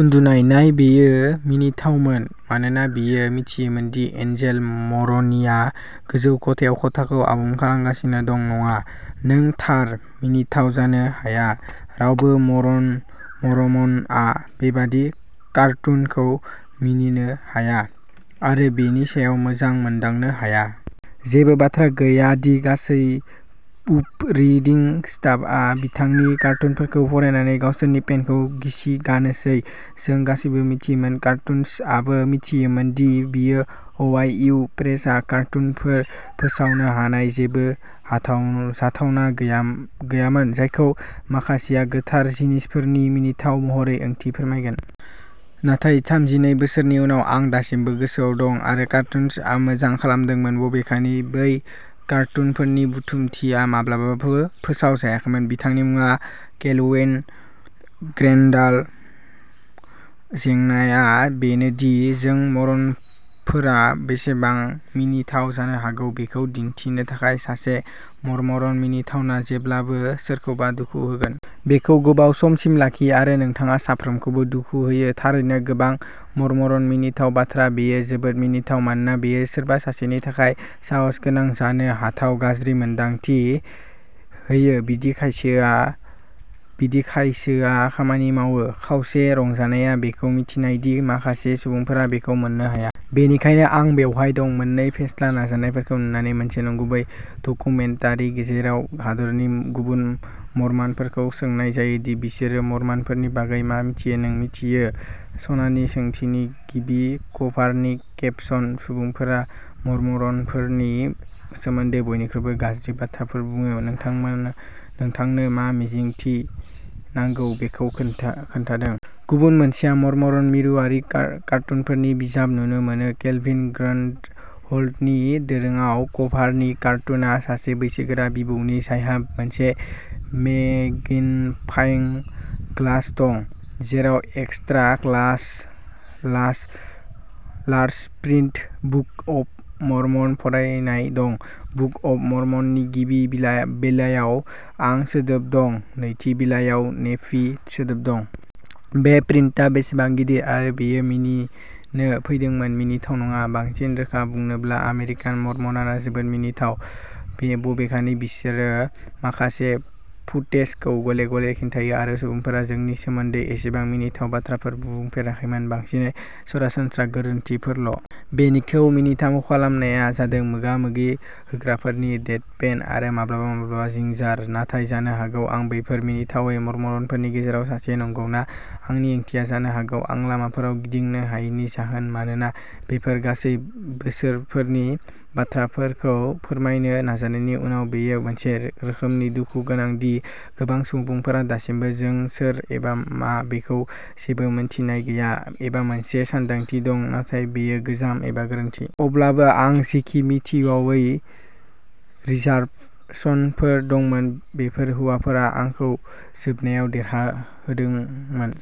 उन्दुनाय, नाय बेयो मिनिथावमोन मानोना बियो मिथियामोन दि एन्जेल मर'नीआ गोजौ खथायाव खथाखौ आबुं खालामगासिनो दं नङा। नों थार। मिनिथाव जानो हाया। रावबो मरमनआ बेबादि कार्टुनखौ मिनिनो हाया आरो बेनि सायाव मोजां मोनदांनो हाया। जेबो बाथ्रा गैया दि गासै प्रुफरिडिं स्टाफआ बिथांनि कार्टुनफोरखौ फरायनानै गावसोरनि पेन्टखौ गिसिगानोसै। जों गासैबो मिथियोमोन कार्टुनिस्टआबो मिथियोमोन दि बि अवाइ इउ प्रेसआ कार्टुनफोर फोसावनो हानाय जेबो जाथावना गैयामोन जायखौ माखासेया गोथार जिनिसफोरनि मिनिथाव महरै ओंथि फोरमायगोन। नाथाय थामजिनै बोसोरनि उनाव, आं दासिमबो गोसोआव दं। आरो कार्टुनिस्टआ मोजां खालामदोंमोन, बबेखानि बै कार्टुनफोरनि बुथुमथिया माब्लाबाबो फोसावजायाखैमोन। बिथांनि मुङा केल्विन ग्रन्डाल। जेंनाआ बेनो दि जों मरमनफोरा बेसेबां मिनिथाव जानो हागौ बेखौ दिन्थिनो थाखाय, सासे मरमन मिनिथावआ जेब्लाबो सोरखौबा दुखु होगोन। बेखौ गोबाव समसिम लाखि, आरो नोंथाङा साफ्रोमखौबो दुखु होयो। थारैनो, गोबां मरमन मिनिथाव बाथ्रा। बेयो जोबोद मिनिथाव मानोना बेयो सोरबा सासेनि थाखाय साहसगोनां, जानो हाथाव, गाज्रि मोन्दांथि होयो। बिदि खायसोआ खामानि मावो। खावसे रंजानायआ बेखौ मिन्थिनाय दि माखासे सुबुंफोरा बेखौ मोननो हाया। बेनिखायनो आं बेवहाय दं, मोननै फेस्ला नाजानायफोरखौ नुनानै मोनसे नंगुबै डकुमेन्टारि जेराव हादोरनि गुबुन मर्मनफोरखौ सोंनाय जायो दि बिसोरो मर्मनफोरनि बागै मा मिथियो नों मिथियो, सनानि सोंथिनि गिबि। कभारनि केपसन सुबुंफोरा मर्मनफोरनि सोमोन्दै बयनिख्रुइबो गाज्रि बाथ्राफोर बुङो नोंथांनो मा मिजिंथि नांगौ बेखौ खोन्थादों। गुबुन मोनसेआ मर्मन मिरुआरि कार्टुनफोरनि बिजाब, नुनो मोनो केलभिन ग्रन्डहलनि दोरोंआव। कभारनि कार्टुनआ सासे बैसोगोरा बिबौनि, जायहा मोनसे मेग्निफाइं ग्लास दं, जेराव extra large print book of Mormon फरायनाय दं। बुक अफ मर्मननि गिबि बिलायाव आं सोदोब दं नैथि बिलायाव, नेफि सोदोब दं। बे प्रिन्टआ बेसेबां गिदिर। आरो बेयो मिनिनो फैदोंमोन मिनिथाव नङा। बांसिन रोखा बुंनोब्ला आमेरिकान मर्मनआ जोबोद मिनिथाव, बबेखानि बिसोरो माखासे फुटेजखौ गले-गले खिन्थायो आरो सुबुंफोरा जोंनि सोमोन्दै एसेबां मिनिथाव बाथ्राफोर बुंफेराखैमोन बांसिनै सरासनस्रा गोरोन्थिफोरल'। बेखौ मिनिथाव खालामनाया जादों मोगा-मोगि होग्राफोरनि डेडपेन, आरो माब्लाबा-माब्लाबा जिंजार। नाथाय जानो हागौ आं बैफोर मिनिथावै मर्मनफोरनि गेजेराव सासे, नंगौना? आंनि ओंथिया जानो हागौ, आं लामाफोराव गिदिंनो हायैनि जाहोन मानोना बेफोर गासै बोसोरफोरनि बाथ्राफोरखौ फोरमायनो नाजानायनि उनाव, बेयो मोनसे रोखोमनि दुखु गोनां दि गोबां सुबुंफोरहा दासिमबो जों सोर एबा मा बेखौ जेबो मिन्थिनाय गैया, एबा मोनसे सानदांथि दं नाथाय बेयो गोजाम एबा गोरोन्थि। अब्लाबो आं जेखि मिनिथावै रिजार्भेशनफोर दंमोन, बेफोर हौवाफोरा आंखौ जोबनायाव देरहादोंमोन।